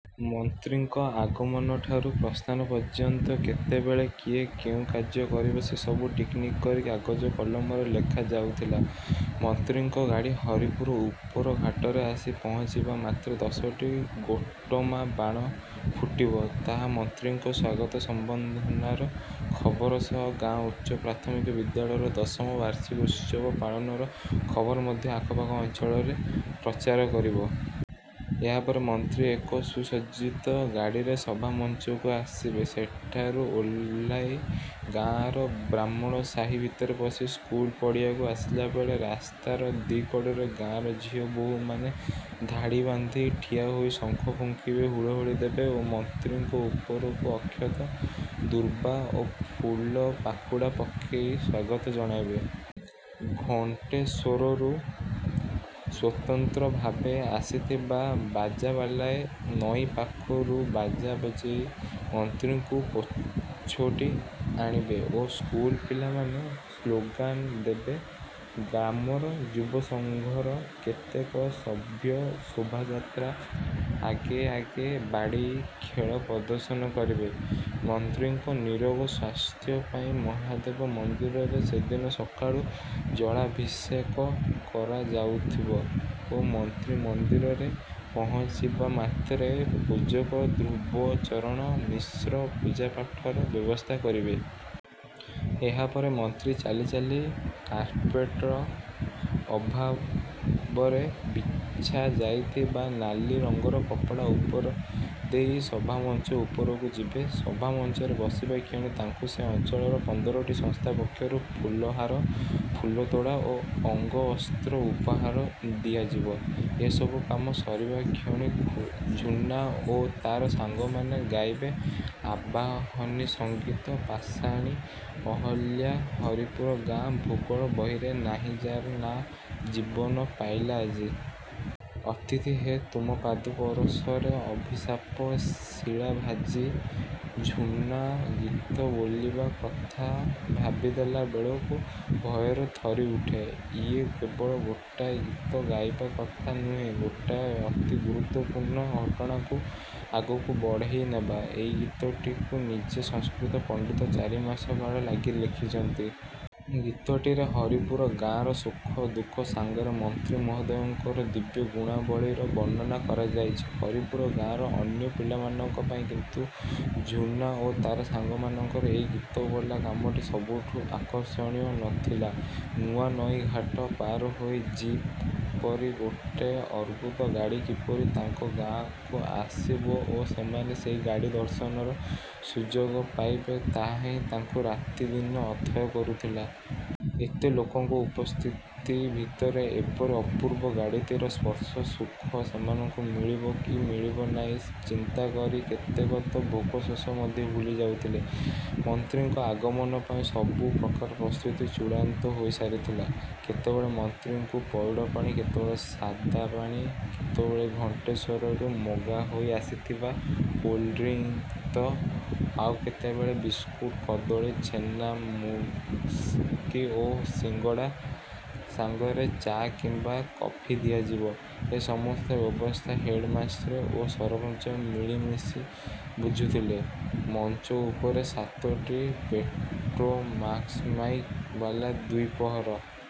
ମନ୍ତ୍ରୀଙ୍କ ଆଗମନଠାରୁ ପ୍ରସ୍ଥାନ ପର୍ଯ୍ୟନ୍ତ କେତେବେଳେ କିଏ କେଉଁ କାର୍ଯ୍ୟ କରିବ ସେ ସବୁ ଟିକିନିଖି କରି କାଗଜ କଲମରେ ଲେଖା ଯାଉଥିଲା। ମନ୍ତ୍ରୀଙ୍କ ଗାଡ଼ି ହରିପୁର ଉପରଘାଟରେ ଆସି ପହଞ୍ଚିବା ମାତ୍ରେ ଦଶଟି ଗୋଟମା ବାଣ ଫୁଟିବ। ତାହା ମନ୍ତ୍ରୀଙ୍କ ସ୍ୱାଗତ ସମ୍ବର୍ଦ୍ଧନାର ଖବର ସହ ଗାଁ ଉଚ୍ଚପ୍ରାଥମିକ ବିଦ୍ୟାଳୟର ଦଶମ ବାର୍ଷିକ ଉତ୍ସବ ପାଳନର ଖବର ମଧ୍ୟ ଆଖପାଖ ଅଞ୍ଚଳରେ ପ୍ରଚାର କରିବ। ଏହାପରେ ମନ୍ତ୍ରୀ ଏକ ସୁସଜ୍ଜିତ ଗାଡ଼ିରେ ସଭା ମଞ୍ଚକୁ ଆସିବେ। ସେଠାରୁ ଓହ୍ଲେଇ ଗାଁର ବ୍ରାହ୍ମଣ ସାହି ଭିତରେ ପଶି ସ୍କୁଲ ପଡ଼ିଆକୁ ଆସିଲାବେଳେ ରାସ୍ତାର ଦି କଡ଼ରେ ଗାଁର ଝିଅ ବୋହୂମାନେ ଧାଡ଼ି ବାନ୍ଧି ଠିଆହୋଇ ଶଙ୍ଖ ଫୁଙ୍କିବେ, ହୁଳହୁଳି ଦେବେ ଓ ମନ୍ତ୍ରୀଙ୍କ ଉପରକୁ ଅକ୍ଷତ, ଦୁର୍ବା ଓ ଫୁଲ ପାଖୁଡ଼ା ପକେଇ ସ୍ୱାଗତ ଜଣାଇବେ। ଘଣ୍ଟେଶ୍ୱରରୁ ସ୍ୱତନ୍ତ୍ର ଭାବେ ଆସିଥିବା ବାଜାବାଲାଏ ନଈ ପାଖରୁ ବାଜା ବଜେଇ ମନ୍ତ୍ରୀଙ୍କୁ ପୋଛୋଟି ଆଣିବେ ଓ ସ୍କୁଲ ପିଲାମାନେ ସ୍ଲୋଗାନ ଦେବେ। ଗ୍ରାମର ଯୁବକସଂଘର କେତେକ ସଭ୍ୟ ଶୋଭାଯାତ୍ରା ଆଗେ ଆଗେ ବାଡ଼ି ଖେଳ ପ୍ରଦର୍ଶନ କରିବେ। ମନ୍ତ୍ରୀଙ୍କ ନିରୋଗ ସ୍ୱାସ୍ଥ୍ୟ ପାଇଁ ମହାଦେବ ମନ୍ଦିରରେ ସେଦିନ ସକାଳୁ ଜଳାଭିଷେକ କରାଯାଉଥିବ ଓ ମନ୍ତ୍ରୀ ମନ୍ଦିରରେ ପହଞ୍ଚିବା ମାତ୍ରେ ପୂଜକ ଧ୍ରୁବଚରଣ ମିଶ୍ର ପୂଜାପାଠର ବ୍ୟବସ୍ଥା କରିବେ। ଏହାପରେ ମନ୍ତ୍ରୀ ଚାଲି ଚାଲି କାର୍ପେଟର ଅଭାବରେ ବିଛା ଯାଇଥିବା ନାଲି ରଙ୍ଗର କପଡ଼ା ଉପର ଦେଇ ସଭାମଞ୍ଚ ଉପରକୁ ଯିବେ। ସଭା ମଞ୍ଚରେ ବସିବା କ୍ଷଣି ତାଙ୍କୁ ସେ ଅଞ୍ଚଳର ପନ୍ଦରଟି ସଂସ୍ଥା ପକ୍ଷରୁ ଫୁଲହାର, ଫୁଲତୋଡ଼ା ଓ ଅଙ୍ଗବସ୍ତ୍ର ଉପହାର ଦିଆଯିବ। ଏ ସବୁକାମ ସରିବା କ୍ଷଣି ଝୁନା ଓ ତାର ସାଙ୍ଗମାନେ ଗାଇବେ ଆବାହନୀ ସଂଗୀତ ପାଷାଣୀ ଅହଲ୍ୟା ହରିପୁର ଗାଁ, ଭୂଗୋଳ ବହିରେ ନାହିଁ ଯାର ନାଁ, ଜୀବନ ପାଇଲା ଆଜି। ଅତିଥି ହେ, ତୁମ ପାଦ ପରଶରେ ଅଭିଶାପ ଶିଳା ଭାଜି। ଝୁନା ଗୀତ ବୋଲିବା କଥା ଭାବିଦେଲା ବେଳକୁ ଭୟରେ ଥରି ଉଠେ। ଇଏ କେବଳ ଗୋଟାଏ ଗୀତ ଗାଇବା କଥା ନୁହେଁ, ଗୋଟାଏ ଅତି ଗୁରୁତ୍ୱପୂର୍ଣ୍ଣ ଘଟଣାକୁ ଆଗକୁ ବଢ଼େଇ ନେବା। ଏଇ ଗୀତଟିକୁ ନିଜେ ସଂସ୍କୃତ ପଣ୍ଡିତ ଚାରିମାସ କାଳ ଲାଗି ଲେଖିଛନ୍ତି। ଗୀତଟିରେ ହରିପୁର ଗାଁର ସୁଖ ଦୁଃଖ ସାଙ୍ଗରେ ମନ୍ତ୍ରୀ ମହୋଦୟଙ୍କର ଦିବ୍ୟ ଗୁଣାବଳୀର ବର୍ଣ୍ଣନା କରାଯାଇଛି। ହରିପୁର ଗାଁର ଅନ୍ୟ ପିଲାମାନଙ୍କ ପାଇଁ କିନ୍ତୁ ଝୁନା ଓ ତାର ସାଙ୍ଗମାନଙ୍କର ଏଇ ଗୀତବୋଲା କାମଟି ସବୁଠୁ ଆକର୍ଷଣୀୟ ନ ଥିଲା। ନୂଆନଈ ଘାଟ ପାର ହୋଇ ଜିପ୍ ପରି ଗୋଟେ ଅଦ୍ଭୁତ ଗାଡ଼ି କିପରି ତାଙ୍କ ଗାଁକୁ ଆସିବ ଓ ସେମାନେ ସେଇ ଗାଡ଼ି ଦର୍ଶନର ସୁଯୋଗ ପାଇବେ ତାହା ହିଁ ତାଙ୍କୁ ରାତିଦିନ ଅଥୟ କରୁଥିଲା। ଏତେ ଲୋକଙ୍କ ଉପସ୍ଥିତି ଭିତରେ ଏପରି ଅପୂର୍ବ ଗାଡ଼ିଟିର ସ୍ପର୍ଶ ସୁଖ ସେମାନଙ୍କୁ ମିଳିବ କି ମିଳିବ ନାହିଁ ଚିନ୍ତା କରି କେତେକ ତ ଭୋକଶୋଷ ମଧ୍ୟ ଭୁଲି ଯାଉଥିଲେ। ମନ୍ତ୍ରୀଙ୍କ ଆଗମନ ପାଇଁ ସବୁ ପ୍ରକାର ପ୍ରସ୍ତୁତି ଚୂଡ଼ାନ୍ତ ହୋଇ ସାରିଥିଲା। କେତେବେଳେ ମନ୍ତ୍ରୀଙ୍କୁ ପଇଡ଼ ପାଣି, କେତେବେଳେ ସାଦା ପାଣି, କେତେବେଳେ ଘଣ୍ଟେଶ୍ୱରରୁ ମଗା ହୋଇ ଆସିଥିବା କୋଲ୍ଡ ଡ୍ରିଙ୍କ ତ ଆଉ କେତେବେଳେ ବିସ୍କୁଟ କଦଳୀ, ଛେନା-ମୁଡ୍କି ଓ ସିଙ୍ଗଡ଼ା ସାଙ୍ଗରେ ଚା କିମ୍ବା କଫି ଦିଆଯିବ, ଏ ସମସ୍ତ ବ୍ୟବସ୍ଥା ହେଡ୍‌ମାଷ୍ଟ୍ରେ ଓ ସରପଞ୍ଚ ମିଳିମିଶି ବୁଝୁଥିଲେ। ମଞ୍ଚ ଉପରେ ସାତଟି ପେଟ୍ରୋମାକ୍ସମାଇକ୍ ବାଲା ଦ୍ୱିପ୍ରହର।